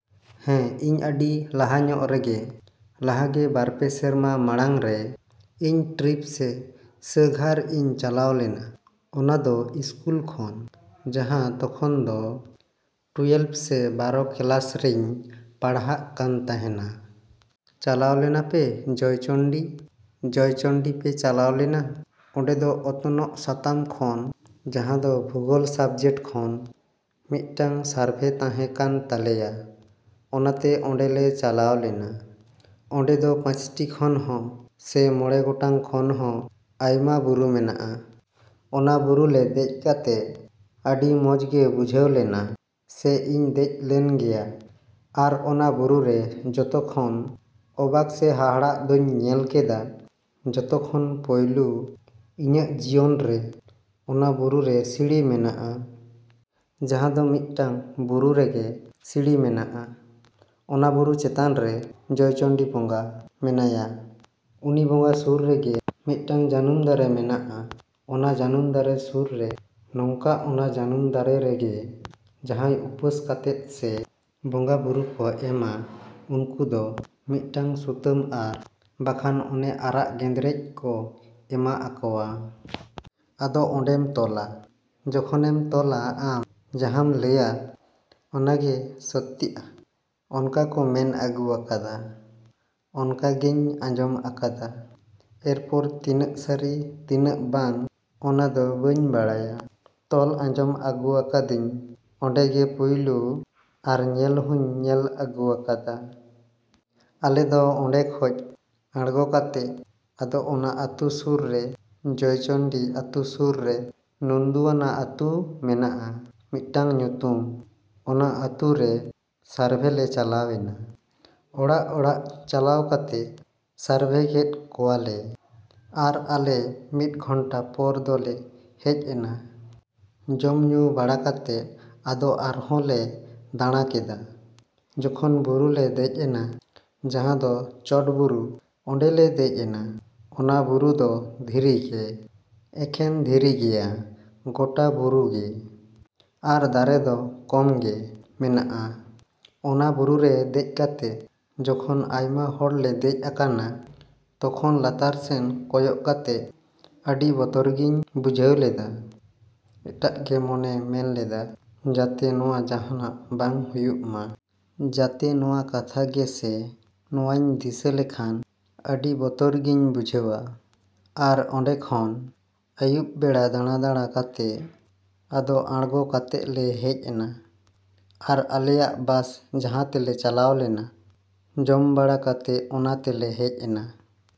‎ᱦᱮᱸ, ᱤᱧ ᱟᱹᱰᱤ ᱞᱟᱦᱟ ᱧᱚᱜ ᱨᱮᱜᱮ, ᱞᱟᱦᱟ ᱜᱮ ᱵᱟᱨ ᱯᱮ ᱥᱮᱨᱢᱟ ᱢᱟᱲᱟᱝᱨᱮ ᱤᱧ ᱴᱨᱤᱯ ᱥᱮ ᱥᱟᱸᱜᱷᱟᱨ ᱤᱧ ᱪᱟᱞᱟᱣ ᱞᱮᱱᱟ᱾ ᱚᱱᱟ ᱫᱚ ᱤᱥᱠᱩᱞ ᱠᱷᱚᱱ, ᱡᱟᱦᱟᱸ ᱛᱚᱠᱷᱚᱱ ᱫᱚ ᱴᱩᱭᱮᱞᱵᱷ ᱥᱮ ᱵᱟᱨᱚ ᱠᱮᱞᱟᱥ ᱨᱮᱧ ᱯᱟᱲᱦᱟᱜ ᱠᱟᱱ ᱛᱟᱦᱮᱸᱱᱟ᱾ ᱪᱟᱞᱟᱣ ᱞᱮᱱᱟ ᱞᱮ ᱡᱚᱭᱪᱚᱱᱰᱤ᱾ ᱡᱚᱭᱪᱚᱱᱰᱤ ᱞᱮ ᱪᱟᱞᱟᱣ ᱞᱮᱱᱟ᱾ ᱚᱸᱰᱮ ᱫᱚ ᱚᱛᱱᱚᱜ ᱥᱟᱛᱟᱢ ᱠᱷᱚᱱ, ᱡᱟᱦᱟᱸ ᱫᱚ ᱵᱷᱩᱜᱳᱞ ᱥᱟᱵᱡᱮᱠᱴ ᱠᱷᱚᱱ ᱢᱤᱫᱴᱟᱝ ᱥᱟᱨᱵᱷᱮ ᱛᱟᱦᱮᱸ ᱠᱟᱱ ᱛᱟᱞᱮᱭᱟ᱾ ᱚᱱᱟᱛᱮ ᱚᱸᱰᱮ ᱞᱮ ᱪᱟᱞᱟᱣ ᱞᱮᱱᱟ᱾ ᱚᱸᱰᱮ ᱫᱚ ᱯᱟᱸᱪᱴᱤ ᱠᱷᱚᱱ ᱦᱚᱸ ᱥᱮ ᱢᱚᱬᱮ ᱜᱚᱴᱟᱝ ᱠᱷᱚᱱ ᱦᱚᱸ ᱟᱭᱢᱟ ᱵᱩᱨᱩ ᱢᱮᱱᱟᱜᱼᱟ᱾ ᱚᱱᱟ ᱵᱩᱨᱩ ᱞᱮ ᱫᱮᱡᱽ ᱠᱟᱛᱮ ᱟᱹᱰᱤ ᱢᱚᱡ ᱜᱮ ᱵᱩᱡᱷᱟᱹᱣ ᱞᱮᱱᱟ ᱥᱮ ᱤᱧ ᱫᱮᱡ ᱞᱮᱱ ᱜᱮᱭᱟ᱾ ᱟᱨ ᱚᱱᱟ ᱵᱩᱨᱩ ᱨᱮ ᱡᱚᱛᱚ ᱠᱷᱚᱱ ᱚᱵᱟᱠ ᱥᱮ ᱦᱟᱦᱟᱲᱟᱜ ᱫᱚᱧ ᱧᱮᱞ ᱞᱮᱫᱟ ᱡᱚᱛᱚ ᱠᱷᱚᱱ ᱯᱩᱭᱞᱳ ᱤᱧᱟᱹᱜ ᱡᱤᱭᱚᱱ ᱨᱮ ᱚᱱᱟ ᱵᱩᱨᱩ ᱨᱮ ᱥᱤᱲᱤ ᱢᱮᱱᱟᱜᱼᱟ᱾ ᱡᱟᱦᱟᱸ ᱫᱚ ᱢᱤᱫᱴᱟᱝ ᱵᱩᱨᱩ ᱨᱮᱜᱮ ᱥᱤᱲᱤ ᱢᱮᱱᱟᱜᱼᱟ᱾ ᱚᱱᱟ ᱵᱩᱨᱩ ᱪᱮᱛᱟᱱ ᱨᱮ ᱡᱚᱭᱪᱚᱱᱰᱤ ᱵᱚᱸᱜᱟ ᱢᱮᱱᱟᱭᱟ᱾ ᱩᱱᱤ ᱵᱚᱸᱜᱟ ᱥᱩᱨ ᱨᱮᱜᱮ ᱢᱤᱫᱴᱟᱝ ᱡᱟᱹᱱᱩᱢ ᱫᱟᱨᱮ ᱢᱮᱱᱟᱜᱼᱟ᱾ ᱚᱱᱟ ᱡᱟᱹᱱᱩᱢ ᱫᱟᱨᱮ ᱥᱩᱨ ᱨᱮ ᱱᱚᱝᱠᱟ ᱚᱱᱟ ᱡᱟᱹᱱᱩᱢ ᱫᱟᱨᱮ ᱨᱮᱜᱮ ᱡᱟᱦᱟᱭ ᱩᱯᱟᱹᱥ ᱠᱟᱛᱮ ᱥᱮ ᱵᱚᱸᱜᱟ ᱵᱩᱨᱩ ᱠᱚ ᱮᱢᱟ ᱩᱱᱠᱩ ᱫᱚ ᱢᱤᱫᱴᱟᱝ ᱥᱩᱛᱟᱹᱢ ᱟᱨ ᱵᱟᱠᱷᱟᱱ ᱚᱱᱮ ᱟᱨᱟᱜ ᱜᱮᱫᱨᱮᱡᱽ ᱠᱚ ᱮᱢᱟ ᱟᱠᱚᱣᱟ᱾ ᱟᱫᱚ ᱚᱸᱰᱮᱢ ᱛᱚᱞᱟ, ᱡᱚᱠᱷᱚᱱᱮᱢ ᱛᱚᱞᱟ ᱟᱢ ᱡᱟᱦᱟᱸᱢ ᱞᱟᱹᱭᱟ ᱚᱱᱟ ᱜᱮ ᱥᱚᱛᱤᱜᱼᱟ᱾ ᱚᱱᱠᱟ ᱠᱚ ᱢᱮᱱ ᱟᱹᱜᱩᱣᱟᱠᱟᱫᱟ, ᱚᱱᱠᱟ ᱜᱮᱧ ᱟᱡᱚᱢ ᱟᱠᱟᱫᱟ᱾ ᱮᱨᱯᱚᱨ ᱛᱤᱱᱟᱹᱜ ᱥᱟᱹᱨᱤ ᱛᱤᱱᱟᱹᱜ ᱵᱟᱝ ᱚᱱᱟ ᱫᱚ ᱵᱟᱹᱧ ᱵᱟᱲᱟᱭᱟ᱾ ᱛᱚᱧ ᱟᱸᱡᱚᱢ ᱟᱹᱜᱩᱣᱟᱠᱟᱫᱟᱹᱧ ᱚᱸᱰᱮ ᱜᱮ ᱯᱩᱭᱞᱩ ᱟᱨ ᱧᱮᱞ ᱦᱚᱧ ᱧᱮᱞ ᱟᱹᱜᱩᱣᱟᱠᱟᱫᱟ᱾ ᱟᱞᱮ ᱫᱚ ᱚᱸᱰᱮ ᱠᱷᱚᱡ ᱟᱲᱜᱚ ᱠᱟᱛᱮᱫ ᱟᱫᱚ ᱚᱱᱟ ᱟᱹᱛᱩ ᱥᱩᱨ ᱨᱮ, ᱡᱚᱭᱪᱚᱱᱰᱤ ᱟᱹᱛᱩ ᱥᱩᱨ ᱨᱮ ᱱᱩᱱᱫᱩᱣᱟᱲᱟ ᱟᱹᱛᱩ ᱢᱮᱱᱟᱜᱼᱟ ᱢᱤᱫᱴᱟᱝ ᱧᱩᱛᱩᱢ᱾ ᱚᱱᱟ ᱟᱹᱛᱩ ᱨᱮ ᱥᱟᱨᱵᱷᱮ ᱞᱮ ᱪᱟᱞᱟᱣᱮᱱᱟ᱾ ᱚᱲᱟᱜᱼᱚᱲᱟᱜ ᱪᱟᱞᱟᱣ ᱠᱟᱛᱮ ᱥᱟᱨᱵᱷᱮ ᱠᱮᱫ ᱠᱚᱣᱟ ᱞᱮ ᱟᱨ ᱟᱞᱮ ᱢᱤᱫ ᱜᱷᱚᱱᱴᱟ ᱯᱚᱨ ᱫᱚ ᱞᱮ ᱦᱮᱡ ᱮᱱᱟ᱾ ᱡᱚᱢ ᱧᱩ ᱵᱟᱲᱟ ᱠᱟᱛᱮ ᱟᱫᱚ ᱟᱨᱦᱚᱸ ᱞᱮ ᱫᱟᱸᱲᱟ ᱠᱮᱫᱟ᱾ ᱡᱚᱠᱷᱚᱱ ᱵᱩᱨᱩ ᱞᱮ ᱫᱮᱡᱽ ᱮᱱᱟ, ᱡᱟᱦᱟᱸ ᱫᱚ ᱪᱚᱴ ᱵᱩᱨᱩ ᱚᱸᱰᱮ ᱞᱮ ᱫᱮᱡ ᱮᱱᱟ᱾ ᱚᱱᱟ ᱵᱩᱨᱩ ᱫᱚ ᱫᱷᱤᱨᱤ ᱜᱮ, ᱮᱠᱷᱮᱱ ᱫᱷᱤᱨᱤ ᱜᱮᱭᱟ ᱜᱚᱴᱟ ᱵᱩᱨᱩ ᱜᱮ᱾ ᱟᱨ ᱫᱟᱨᱮ ᱫᱚ ᱠᱚᱢ ᱜᱮ ᱢᱮᱱᱟᱜᱼᱟ᱾ ᱚᱱᱟ ᱵᱩᱨᱩ ᱨᱮ ᱫᱮᱡ ᱠᱟᱛᱮ ᱡᱚᱠᱷᱚᱱ ᱟᱭᱢᱟ ᱦᱚᱲ ᱞᱮ ᱫᱮᱡ ᱟᱠᱟᱱᱟ, ᱛᱚᱠᱷᱚᱱ ᱞᱟᱛᱟᱨ ᱥᱮᱱ ᱠᱚᱭᱚᱜ ᱠᱟᱛᱮ ᱟᱹᱰᱤ ᱵᱚᱛᱚᱨ ᱜᱮᱧ ᱵᱩᱡᱷᱟᱹᱣ ᱞᱮᱫᱟ᱾ ᱮᱴᱟᱜ ᱜᱮ ᱢᱚᱱᱮ ᱢᱮᱱ ᱞᱮᱫᱟ ᱡᱟᱛᱮ ᱱᱚᱣᱟ ᱡᱟᱦᱟᱱᱟᱜ ᱵᱟᱝ ᱦᱩᱭᱩᱜ ᱢᱟ᱾ ᱡᱟᱛᱮ ᱱᱚᱣᱟ ᱠᱟᱛᱷᱟ ᱜᱮ ᱥᱮ ᱱᱚᱣᱟᱧ ᱫᱤᱥᱟᱹ ᱞᱮᱠᱷᱟᱱ ᱟᱹᱰᱤ ᱵᱚᱛᱚᱨ ᱜᱮᱧ ᱵᱩᱡᱷᱟᱹᱣᱟ᱾ ᱟᱨ ᱚᱸᱰᱮ ᱠᱷᱚᱱ ᱟᱭᱩᱵ ᱵᱮᱲᱟ ᱫᱟᱸᱲᱟ ᱫᱟᱸᱲᱟ ᱠᱟᱛᱮ ᱟᱫᱚ ᱟᱲᱜᱚ ᱠᱟᱛᱮ ᱞᱮ ᱦᱮᱡ ᱮᱱᱟ᱾ ᱟᱨ ᱟᱞᱮᱭᱟᱜ ᱵᱟᱥ ᱡᱟᱦᱟᱸ ᱛᱮᱞᱮ ᱪᱟᱞᱟᱣ ᱞᱮᱱᱟ, ᱡᱚᱢ ᱵᱟᱲᱟ ᱠᱟᱛᱮ ᱚᱱᱟ ᱛᱮᱞᱮ ᱦᱮᱡ ᱮᱱᱟ᱾।